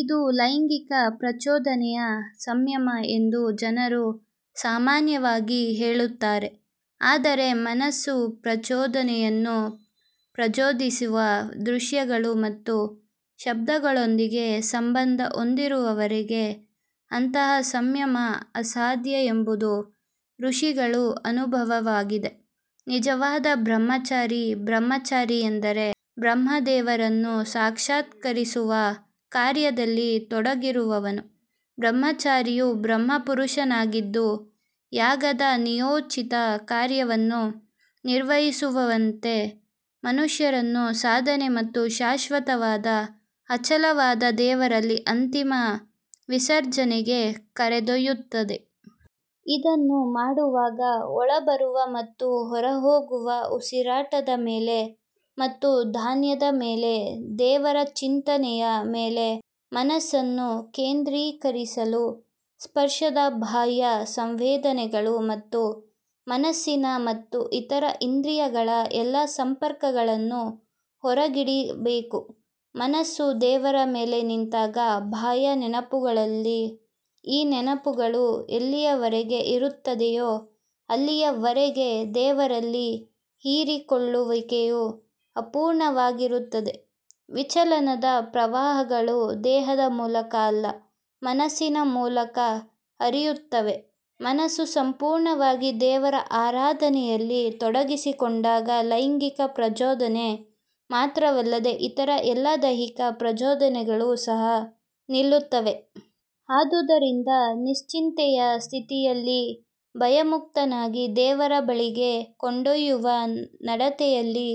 ಇದು ಲೈಂಗಿಕ ಪ್ರಚೋದನೆಯ ಸಂಯಮ ಎಂದು ಜನರು ಸಾಮಾನ್ಯವಾಗಿ ಹೇಳುತ್ತಾರೆ ಆದರೆ ಮನಸ್ಸು ಪ್ರಚೋದನೆಯನ್ನು ಪ್ರಚೋದಿಸುವ ದೃಶ್ಯಗಳು ಮತ್ತು ಶಬ್ದಗಳೊಂದಿಗೆ ಸಂಬಂಧ ಹೊಂದಿರುವವರೆಗೆ ಅಂತಹ ಸಂಯಮ ಅಸಾಧ್ಯ ಎಂಬುದು ಋಷಿಗಳ ಅನುಭವವಾಗಿದೆ. ನಿಜವಾದ ಬ್ರಹ್ಮಚಾರಿ ಬ್ರಹ್ಮಚಾರಿ ಎಂದರೆ ಬ್ರಹ್ಮ ದೇವರನ್ನು ಸಾಕ್ಷಾತ್ಕರಿಸುವ ಕಾರ್ಯದಲ್ಲಿ ತೊಡಗಿರುವವನು. ಬ್ರಹ್ಮಚಾರಿಯು ಬ್ರಹ್ಮ ಪುರುಷನಾಗಿದ್ದು, ಯಾಗದ ನಿಯೋಜಿತ ಕಾರ್ಯವನ್ನು ನಿರ್ವಹಿಸುವವನಂತೆ ಮನುಷ್ಯರನ್ನು ಸಾಧನೆ ಮತ್ತು ಶಾಶ್ವತವಾದ ಅಚಲವಾದ ದೇವರಲ್ಲಿ ಅಂತಿಮ ವಿಸರ್ಜನೆಗೆ ಕರೆದೊಯ್ಯುತ್ತದೆ. ಇದನ್ನು ಮಾಡುವಾಗ, ಒಳಬರುವ ಮತ್ತು ಹೊರಹೋಗುವ ಉಸಿರಾಟದ ಮೇಲೆ ಮತ್ತು ಧ್ಯಾನದ ಮೇಲೆ ದೇವರ ಚಿಂತನೆಯ ಮೇಲೆ ಮನಸ್ಸನ್ನು ಕೇಂದ್ರೀಕರಿಸಲು ಸ್ಪರ್ಶದ ಬಾಹ್ಯ ಸಂವೇದನೆಗಳು ಮತ್ತು ಮನಸ್ಸಿನ ಮತ್ತು ಇತರ ಇಂದ್ರಿಯಗಳ ಎಲ್ಲಾ ಸಂಪರ್ಕಗಳನ್ನು ಹೊರಗಿಡಬೇಕು. ಮನಸ್ಸು ದೇವರ ಮೇಲೆ ನಿಂತಾಗ ಬಾಹ್ಯ ನೆನಪುಗಳಿಲ್ಲ ಈ ನೆನಪುಗಳು ಎಲ್ಲಿಯವರೆಗೆ ಇರುತ್ತದೆಯೋ ಅಲ್ಲಿಯವರೆಗೆ ದೇವರಲ್ಲಿ ಹೀರಿಕೊಳ್ಳುವಿಕೆಯು ಅಪೂರ್ಣವಾಗಿರುತ್ತದೆ ವಿಚಲನದ ಪ್ರವಾಹಗಳು ದೇಹದ ಮೂಲಕ ಅಲ್ಲ ಮನಸ್ಸಿನ ಮೂಲಕ ಹರಿಯುತ್ತವೆ ಮನಸ್ಸು ಸಂಪೂರ್ಣವಾಗಿ ದೇವರ ಆರಾಧನೆಯಲ್ಲಿ ತೊಡಗಿಸಿಕೊಂಡಾಗ ಲೈಂಗಿಕ ಪ್ರಚೋದನೆ ಮಾತ್ರವಲ್ಲದೆ ಇತರ ಎಲ್ಲಾ ದೈಹಿಕ ಪ್ರಚೋದನೆಗಳು ಸಹ ನಿಲ್ಲುತ್ತವೆ. ಆದುದರಿಂದ ನಿಶ್ಚಿಂತೆಯ ಸ್ಥಿತಿಯಲ್ಲಿ ಭಯಮುಕ್ತನಾಗಿ ದೇವರ ಬಳಿಗೆ ಕೊಂಡೊಯ್ಯುವ ನಡತೆಯಲ್ಲಿ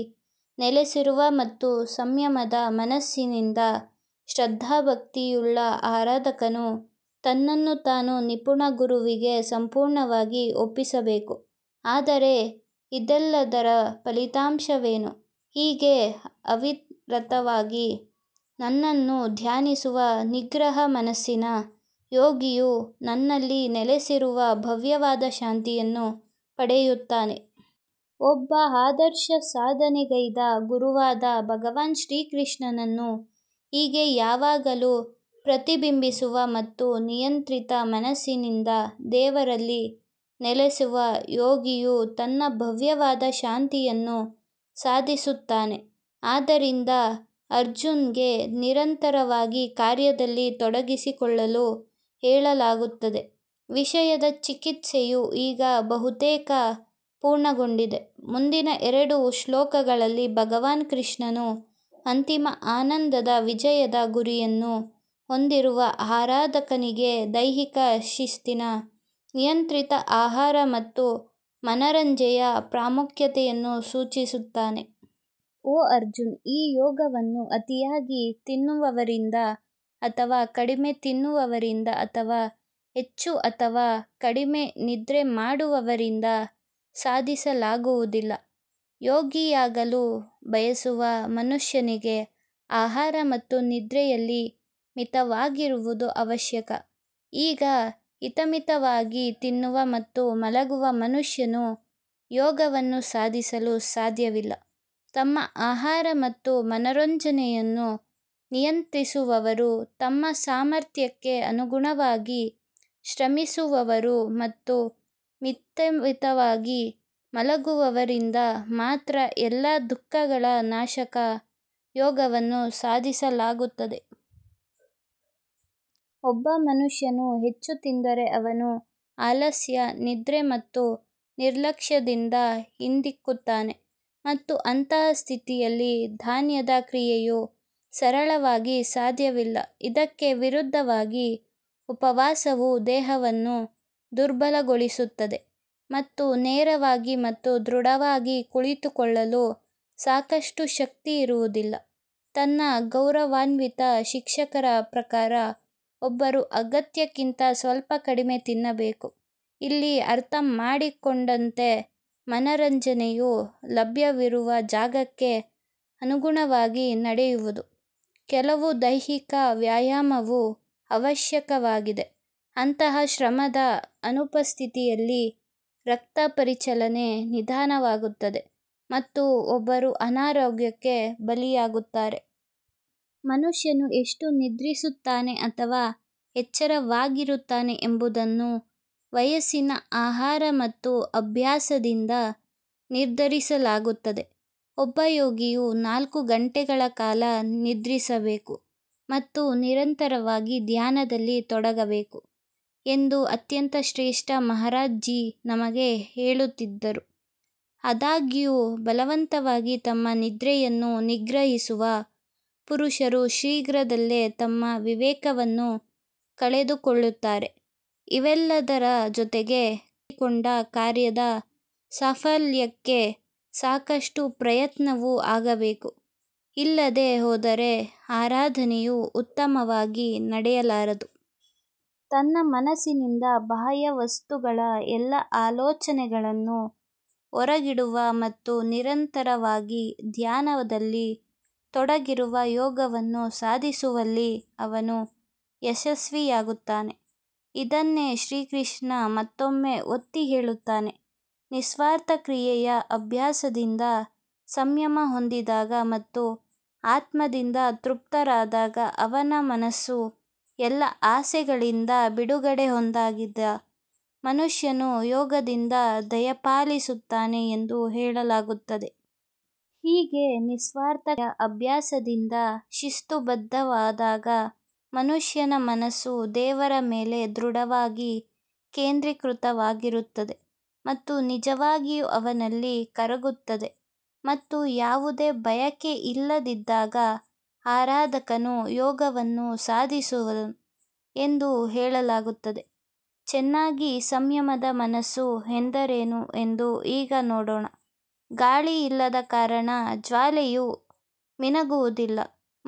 ನೆಲೆಸಿರುವ ಮತ್ತು ಸಂಯಮದ ಮನಸ್ಸಿನಿಂದ ಶ್ರದ್ಧಾಭಕ್ತಿಯುಳ್ಳ ಆರಾಧಕನು ತನ್ನನ್ನು ತಾನು ನಿಪುಣ ಗುರುವಿಗೆ ಸಂಪೂರ್ಣವಾಗಿ ಒಪ್ಪಿಸಬೇಕು. ಆದರೆ ಇದೆಲ್ಲದರ ಫಲಿತಾಂಶವೇನು ಹೀಗೆ ಅವಿರತವಾಗಿ ನನ್ನನ್ನು ಧ್ಯಾನಿಸುವ ನಿಗ್ರಹ ಮನಸ್ಸಿನ ಯೋಗಿಯು ನನ್ನಲ್ಲಿ ನೆಲೆಸಿರುವ ಭವ್ಯವಾದ ಶಾಂತಿಯನ್ನು ಪಡೆಯುತ್ತಾನೆ. ಒಬ್ಬ ಆದರ್ಶ ಸಾಧನೆಗೈದ ಗುರುವಾದ ಭಗವಾನ್ ಶ್ರೀಕೃಷ್ಣನನ್ನು ಹೀಗೆ ಯಾವಾಗಲೂ ಪ್ರತಿಬಿಂಬಿಸುವ ಮತ್ತು ನಿಯಂತ್ರಿತ ಮನಸ್ಸಿನಿಂದ ದೇವರಲ್ಲಿ ನೆಲೆಸುವ ಯೋಗಿಯು ತನ್ನ ಭವ್ಯವಾದ ಶಾಂತಿಯನ್ನು ಸಾಧಿಸುತ್ತಾನೆ. ಆದ್ದರಿಂದ ಅರ್ಜುನ್ಗೆ ನಿರಂತರವಾಗಿ ಕಾರ್ಯದಲ್ಲಿ ತೊಡಗಿಸಿಕೊಳ್ಳಲು ಹೇಳಲಾಗುತ್ತದೆ ವಿಷಯದ ಚಿಕಿತ್ಸೆಯು ಈಗ ಬಹುತೇಕ ಪೂರ್ಣಗೊಂಡಿದೆ ಮುಂದಿನ ಎರಡು ಶ್ಲೋಕಗಳಲ್ಲಿ ಭಗವಾನ್ ಕೃಷ್ಣನು ಅಂತಿಮ ಆನಂದದ ವಿಜಯದ ಗುರಿಯನ್ನು ಹೊಂದಿರುವ ಆರಾಧಕನಿಗೆ ದೈಹಿಕ ಶಿಸ್ತಿನ ನಿಯಂತ್ರಿತ ಆಹಾರ ಮತ್ತು ಮನರಂಜನೆಯ ಪ್ರಾಮುಖ್ಯತೆಯನ್ನು ಸೂಚಿಸುತ್ತಾನೆ. ಓ ಅರ್ಜುನ್ ಈ ಯೋಗವನ್ನು ಅತಿಯಾಗಿ ತಿನ್ನುವವರಿಂದ ಅಥವಾ ಕಡಿಮೆ ತಿನ್ನುವವರಿಂದ ಅಥವಾ ಹೆಚ್ಚು ಅಥವಾ ಕಡಿಮೆ ನಿದ್ರೆ ಮಾಡುವವರಿಂದ ಸಾಧಿಸಲಾಗುವುದಿಲ್ಲ. ಯೋಗಿಯಾಗಲು ಬಯಸುವ ಮನುಷ್ಯನಿಗೆ ಆಹಾರ ಮತ್ತು ನಿದ್ರೆಯಲ್ಲಿ ಮಿತವಾಗಿರುವುದು ಅವಶ್ಯಕ ಈಗ ಹಿತಮಿತವಾಗಿ ತಿನ್ನುವ ಮತ್ತು ಮಲಗುವ ಮನುಷ್ಯನು ಯೋಗವನ್ನು ಸಾಧಿಸಲು ಸಾಧ್ಯವಿಲ್ಲ ತಮ್ಮ ಆಹಾರ ಮತ್ತು ಮನೋರಂಜನೆಯನ್ನು ನಿಯಂತ್ರಿಸುವವರು ತಮ್ಮ ಸಾಮರ್ಥ್ಯಕ್ಕೆ ಅನುಗುಣವಾಗಿ ಶ್ರಮಿಸುವವರು ಮತ್ತು ಮಿತವಾಗಿ ಮಲಗುವವರಿಂದ ಮಾತ್ರ ಎಲ್ಲಾ ದುಃಖಗಳ ನಾಶಕ ಯೋಗವನ್ನು ಸಾಧಿಸಲಾಗುತ್ತದೆ. ಒಬ್ಬ ಮನುಷ್ಯನು ಹೆಚ್ಚು ತಿಂದರೆ ಅವನು ಆಲಸ್ಯ ನಿದ್ರೆ ಮತ್ತು ನಿರ್ಲಕ್ಷ್ಯದಿಂದ ಹಿಂದಿಕ್ಕುತ್ತಾನೆ ಮತ್ತು ಅಂತಹ ಸ್ಥಿತಿಯಲ್ಲಿ ಧ್ಯಾನದ ಕ್ರಿಯೆಯು ಸರಳವಾಗಿ ಸಾಧ್ಯವಿಲ್ಲ ಇದಕ್ಕೆ ವಿರುದ್ಧವಾಗಿ ಉಪವಾಸವು ದೇಹವನ್ನು ದುರ್ಬಲಗೊಳಿಸುತ್ತದೆ ಮತ್ತು ನೇರವಾಗಿ ಮತ್ತು ದೃಢವಾಗಿ ಕುಳಿತುಕೊಳ್ಳಲು ಸಾಕಷ್ಟು ಶಕ್ತಿ ಇರುವುದಿಲ್ಲ ನನ್ನ ಗೌರವಾನ್ವಿತ ಶಿಕ್ಷಕರ ಪ್ರಕಾರ ಒಬ್ಬರು ಅಗತ್ಯಕ್ಕಿಂತ ಸ್ವಲ್ಪ ಕಡಿಮೆ ತಿನ್ನಬೇಕು ಇಲ್ಲಿ ಅರ್ಥಮಾಡಿಕೊಂಡಂತೆ ಮನರಂಜನೆಯು ಲಭ್ಯವಿರುವ ಜಾಗಕ್ಕೆ ಅನುಗುಣವಾಗಿ ನಡೆಯುವುದು ಕೆಲವು ದೈಹಿಕ ವ್ಯಾಯಾಮವು ಅವಶ್ಯಕವಾಗಿದೆ, ಅಂತಹ ಶ್ರಮದ ಅನುಪಸ್ಥಿತಿಯಲ್ಲಿ ರಕ್ತ ಪರಿಚಲನೆ ನಿಧಾನವಾಗುತ್ತದೆ ಮತ್ತು ಒಬ್ಬರು ಅನಾರೋಗ್ಯಕ್ಕೆ ಬಲಿಯಾಗುತ್ತಾರೆ. ಮನುಷ್ಯನು ಎಷ್ಟು ನಿದ್ರಿಸುತ್ತಾನೆ ಅಥವಾ ಎಚ್ಚರವಾಗಿರುತ್ತಾನೆ ಎಂಬುದನ್ನು ವಯಸ್ಸಿನ ಆಹಾರ ಮತ್ತು ಅಭ್ಯಾಸದಿಂದ ನಿರ್ಧರಿಸಲಾಗುತ್ತದೆ ಒಬ್ಬ ಯೋಗಿಯು ನಾಲ್ಕು ಗಂಟೆಗಳ ಕಾಲ ನಿದ್ರಿಸಬೇಕು ಮತ್ತು ನಿರಂತರವಾಗಿ ಧ್ಯಾನದಲ್ಲಿ ತೊಡಗಬೇಕು ಎಂದು ಅತ್ಯಂತ ಶ್ರೇಷ್ಠ ಮಹಾರಾಜ್ ಜೀ ನಮಗೆ ಹೇಳುತ್ತಿದ್ದರು. ಆದಾಗ್ಯೂ, ಬಲವಂತವಾಗಿ ತಮ್ಮ ನಿದ್ರೆಯನ್ನು ನಿಗ್ರಹಿಸುವ ಪುರುಷರು ಶೀಘ್ರದಲ್ಲೇ ತಮ್ಮ ವಿವೇಕವನ್ನು ಕಳೆದುಕೊಳ್ಳುತ್ತಾರೆ ಇವೆಲ್ಲದರ ಜೊತೆಗೆ ಕೈಗೆತ್ತಿಕೊಂಡ ಕಾರ್ಯದ ಸಾಫಲ್ಯಕ್ಕೆ ಸಾಕಷ್ಟು ಪ್ರಯತ್ನವೂ ಆಗಬೇಕು, ಇಲ್ಲದೇ ಹೋದರೆ ಆರಾಧನೆಯು ಉತ್ತಮವಾಗಿ ನಡೆಯಲಾರದು. ತನ್ನ ಮನಸ್ಸಿನಿಂದ ಬಾಹ್ಯ ವಸ್ತುಗಳ ಎಲ್ಲಾ ಆಲೋಚನೆಗಳನ್ನು ಹೊರಗಿಡುವ ಮತ್ತು ನಿರಂತರವಾಗಿ ಧ್ಯಾನದಲ್ಲಿ ತೊಡಗಿರುವ ಯೋಗವನ್ನು ಸಾಧಿಸುವಲ್ಲಿ ಅವನು ಯಶಸ್ವಿಯಾಗುತ್ತಾನೆ. ಇದನ್ನೇ ಶ್ರೀಕೃಷ್ಣ ಮತ್ತೊಮ್ಮೆ ಒತ್ತಿ ಹೇಳುತ್ತಾನೆ ನಿಸ್ವಾರ್ಥ ಕ್ರಿಯೆಯ ಅಭ್ಯಾಸದಿಂದ ಸಂಯಮ ಹೊಂದಿದಾಗ ಮತ್ತು ಆತ್ಮದಿಂದ ತೃಪ್ತರಾದಾಗ ಅವನ ಮನಸ್ಸು ಎಲ್ಲಾ ಆಸೆಗಳಿಂದ ಬಿಡುಗಡೆ ಹೊಂದಿದಾಗ ಮನುಷ್ಯನು ಯೋಗದಿಂದ ದಯಪಾಲಿಸುತ್ತಾನೆ ಎಂದು ಹೇಳಲಾಗುತ್ತದೆ. ಹೀಗೆ ನಿಸ್ವಾರ್ಥ ಕ್ರಿಯೆಯ ಅಭ್ಯಾಸದಿಂದ ಶಿಸ್ತುಬದ್ಧವಾದಾಗ ಮನುಷ್ಯನ ಮನಸ್ಸು ದೇವರ ಮೇಲೆ ದೃಢವಾಗಿ ಕೇಂದ್ರೀಕೃತವಾಗಿರುತ್ತದೆ ಮತ್ತು ನಿಜವಾಗಿಯೂ ಅವನಲ್ಲಿ ಕರಗುತ್ತದೆ ಮತ್ತು ಯಾವುದೇ ಬಯಕೆಯಿಲ್ಲದಿದ್ದಾಗ ಆರಾಧಕನು ಯೋಗವನ್ನು ಸಾಧಿಸಿದನು ಎಂದು ಹೇಳಲಾಗುತ್ತದೆ. ಚೆನ್ನಾಗಿ ಸಂಯಮದ ಮನಸ್ಸು ಎಂದರೇನು ಎಂದು ಈಗ ನೋಡೋಣ ಗಾಳಿ ಇಲ್ಲದ ಕಾರಣ ಜ್ವಾಲೆಯು ಮಿನುಗುವುದಿಲ್ಲ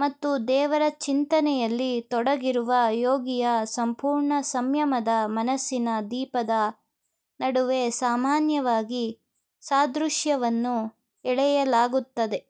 ಮತ್ತು ದೇವರ ಚಿಂತನೆಯಲ್ಲಿ ತೊಡಗಿರುವ ಯೋಗಿಯ ಸಂಪೂರ್ಣ ಸಂಯಮದ ಮನಸ್ಸಿನ ದೀಪದ ನಡುವೆ ಸಾಮಾನ್ಯವಾಗಿ ಸಾದೃಶ್ಯವನ್ನು ಎಳೆಯಲಾಗುತ್ತದೆ.